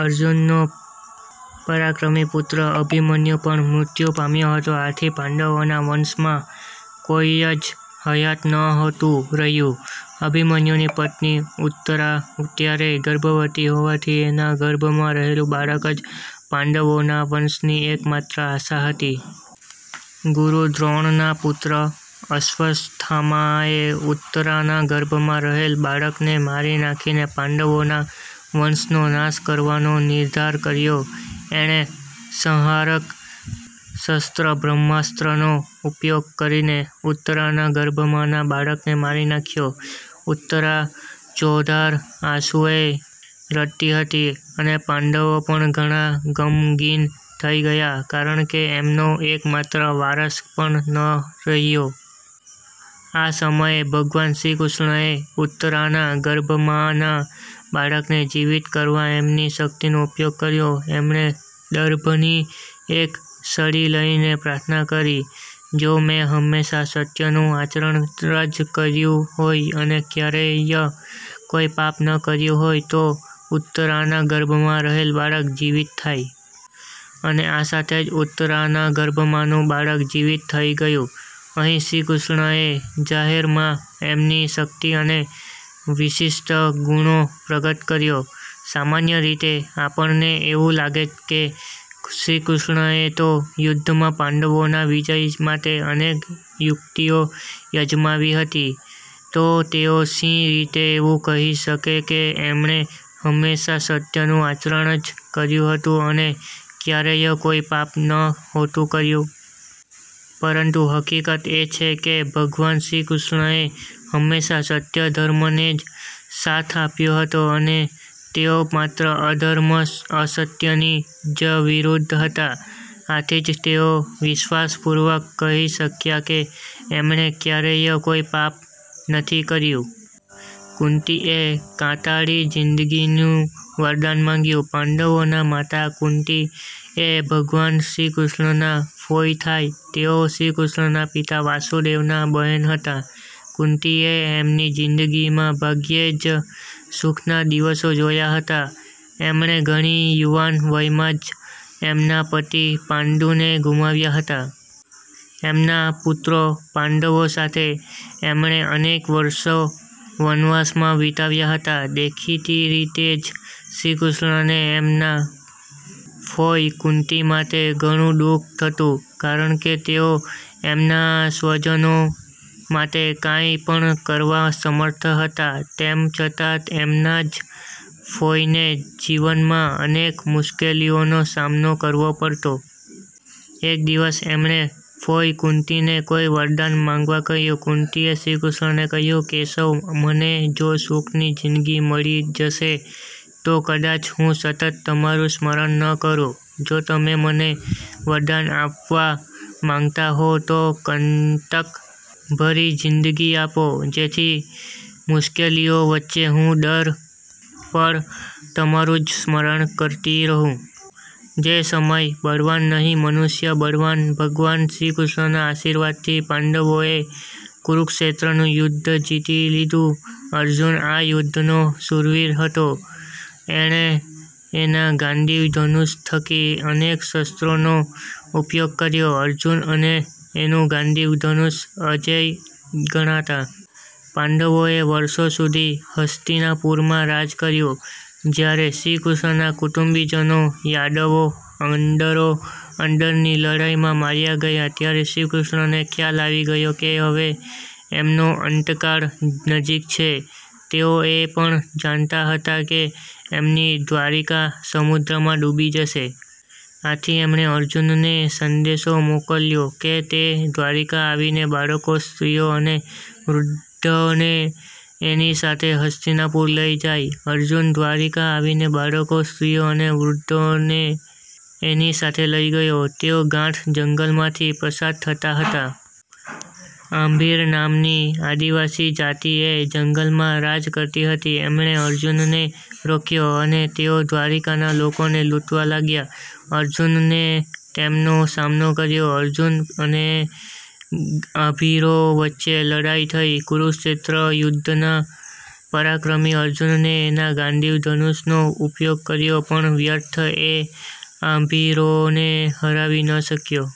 અર્જુનનો પરાક્રમી પુત્ર અભિમન્યુ પણ મૃત્યુ પામ્યો હતો. આથી પાંડવોના વંશમાં। કોઈ જ હયાત નહોતું રહ્યું. અભિમન્યુની પત્ની ઉત્તરા ત્યારે ગર્ભવતી હોવાથી એના ગર્ભમાં રહેલું બાળક જ પાંડવોના વંશની એક માત્ર આશા હતી. ગુરુ દ્રોણના પુત્ર અશ્વસ્થામાએ ઉત્તરાના ગર્ભમાં રહેલ બાળકને મારી નાંખીને પાંડવોના વંશનો નાશ કરવાનો નિર્ધાર કર્યો. એણે સંહારક શસ્ત્ર બ્રહ્માસ્ત્રનો ઉપયોગ કરીને ઉત્તરાના ગર્ભમાંના બાળકને મારી નાંખ્યો. ઉત્તરા ચોધાર આંસુએ રડતી હતી અને પાંડવો પણ ઘણા ગમગીન થઇ ગયા કારણકે એમનો એક માત્ર વારસ પણ ન રહ્યો. આ સમયે ભગવાન શ્રીકૃષ્ણએ ઉત્તરાના ગર્ભમાંના બાળકને જીવિત કરવા એમની શક્તિનો ઉપયોગ કર્યો. એમણે દર્ભની એક સળી લઈને પ્રાર્થના કરી, "જો મેં હંમેશાં સત્યનું આચરણ જ કર્યું હોય અને ક્યારેય કોઈ પાપ ન કર્યું હોય તો ઉત્તરાના ગર્ભમાં રહેલ બાળક જીવિત થાય! " અને આ સાથે જ ઉત્તરાના ગર્ભમાંનું બાળક જીવિત થઇ ગયું! અહીં શ્રીકૃષ્ણએ જાહેરમાં એમની શક્તિ અને વિશિષ્ઠ ગુણો પ્રગટ કર્યા. સામાન્ય રીતે આપણને એવું લાગે કે શ્રીકૃષ્ણએ તો યુદ્ધમાં પાંડવોના વિજય માટે અનેક યુક્તિઓ અજમાવી હતી તો તેઓ શી રીતે એવું કહી શકે કે એમણે હંમેશાં સત્યનું આચરણ જ કર્યું હતું અને ક્યારેય કોઈ પાપ નહોતું કર્યું? પરંતુ હકીકત એ છે કે ભગવાન શ્રીકૃષ્ણએ હંમેશાં સત્ય ધર્મને જ સાથ આપ્યો હતો અને તેઓ માત્ર અધર્મ અસત્યની જ વિરુદ્ધ હતા. આથી જ તેઓ વિશ્વાસપૂર્વક કહી શક્યા કે એમણે ક્યારેય કોઈ પાપ નથી કર્યું. કુંતીએ કાંટાળી જીન્દગીનું વરદાન માંગ્યું પાંડવોના માતા કુંતી એ ભગવાન શ્રીકૃષ્ણના ફોઈ થાય. તેઓ શ્રીકૃષ્ણના પિતા વાસુદેવના બહેન હતા. કુંતીએ એમની જીન્દગીમાં ભાગ્યે જ સુખના દિવસો જોયા હતા. એમણે ઘણી યુવાન વયમાં જ એમના પતિ પાંડુને ગુમાવ્યા હતા. એમના પુત્રો પાંડવો સાથે એમણે અનેક વર્ષો વનવાસમાં વિતાવ્યા હતા. દેખીતી રીતે જ શ્રીકૃષ્ણને એમના ફોઈ કુંતી માટે ઘણું દુ:ખ થતું. કારણકે તેઓ એમના સ્વજનો માટે કાંઈ પણ કરવા સમર્થ હતા તેમ છતાં એમના જ ફોઈને જીવનમાં અનેક મુશ્કેલીઓનો સામનો કરવો પડતો. એક દિવસ એમણે ફોઈ કુંતીને કોઈ વરદાન માંગવા કહ્યું. કુંતીએ શ્રીકૃષ્ણને કહ્યું, "કેશવ, મને જો સુખની જીન્દગી મળી જશે તો કદાચ હું સતત તમારું સ્મરણ ન કરું. જો તમે મને વરદાન આપવા માંગતા હો તો કંટક ભરી જીન્દગી આપો જેથી મુશ્કેલીઓ વચ્ચે હું હર પળ તમારું જ સ્મરણ કરતી રહું". છે સમય બળવાન નહીં મનુષ્ય બળવાન ભગવાન શ્રીકૃષ્ણના આશીર્વાદથી પાંડવોએ કુરુક્ષેત્રનું યુદ્ધ જીતી લીધું. અર્જુન આ યુદ્ધનો શૂરવીર હતો. એણે એના ગાંડીવ ધનુષ થકી અનેક શસ્ત્રોનો ઉપયોગ કર્યો. અર્જુન અને એનું ગાંડીવ ધનુષ અજેય ગણાતા. પાંડવોએ વર્ષો સુધી હસ્તિનાપુરમાં રાજ કર્યું. જયારે શ્રીકૃષ્ણના કુટુંબીજનો યાદવો અંદરો અંદરની લડાઈમાં માર્યા ગયા ત્યારે શ્રીકૃષ્ણને ખ્યાલ આવી ગયો કે હવે એમનો અંતકાળ નજીક છે. તેઓ એ પણ જાણતા હતા કે એમની દ્વારિકા સમુદ્રમાં ડૂબી જશે. આથી એમણે અર્જુનને સંદેશો મોકલ્યો કે તે દ્વારિકા આવીને બાળકો, સ્ત્રીઓ અને વૃધ્ધોને એની સાથે હસ્તિનાપુર લઇ જાય. અર્જુન દ્વારિકા આવીને બાળકો, સ્ત્રીઓ અને વૃધ્ધોને એની સાથે લઇ ગયો. તેઓ ગાઢ જંગલમાંથી પસાર થતા હતા. આભીર નામની આદિવાસી જાતી એ જંગલમાં રાજ કરતી હતી. એમણે અર્જુનને રોક્યો અને તેઓ દ્વારિકાના લોકોને લુંટવા લાગ્યા. અર્જુને તેમનો સામનો કર્યો. અર્જુન અને આભીરો વચ્ચે લડાઈ થઇ. કુરુક્ષેત્ર યુધ્ધના પરાક્રમી અર્જુને એના ગાંડીવ ધનુષનો ઉપયોગ કર્યો પણ વ્યર્થ! એ આભીરોને હરાવી ન શક્યો!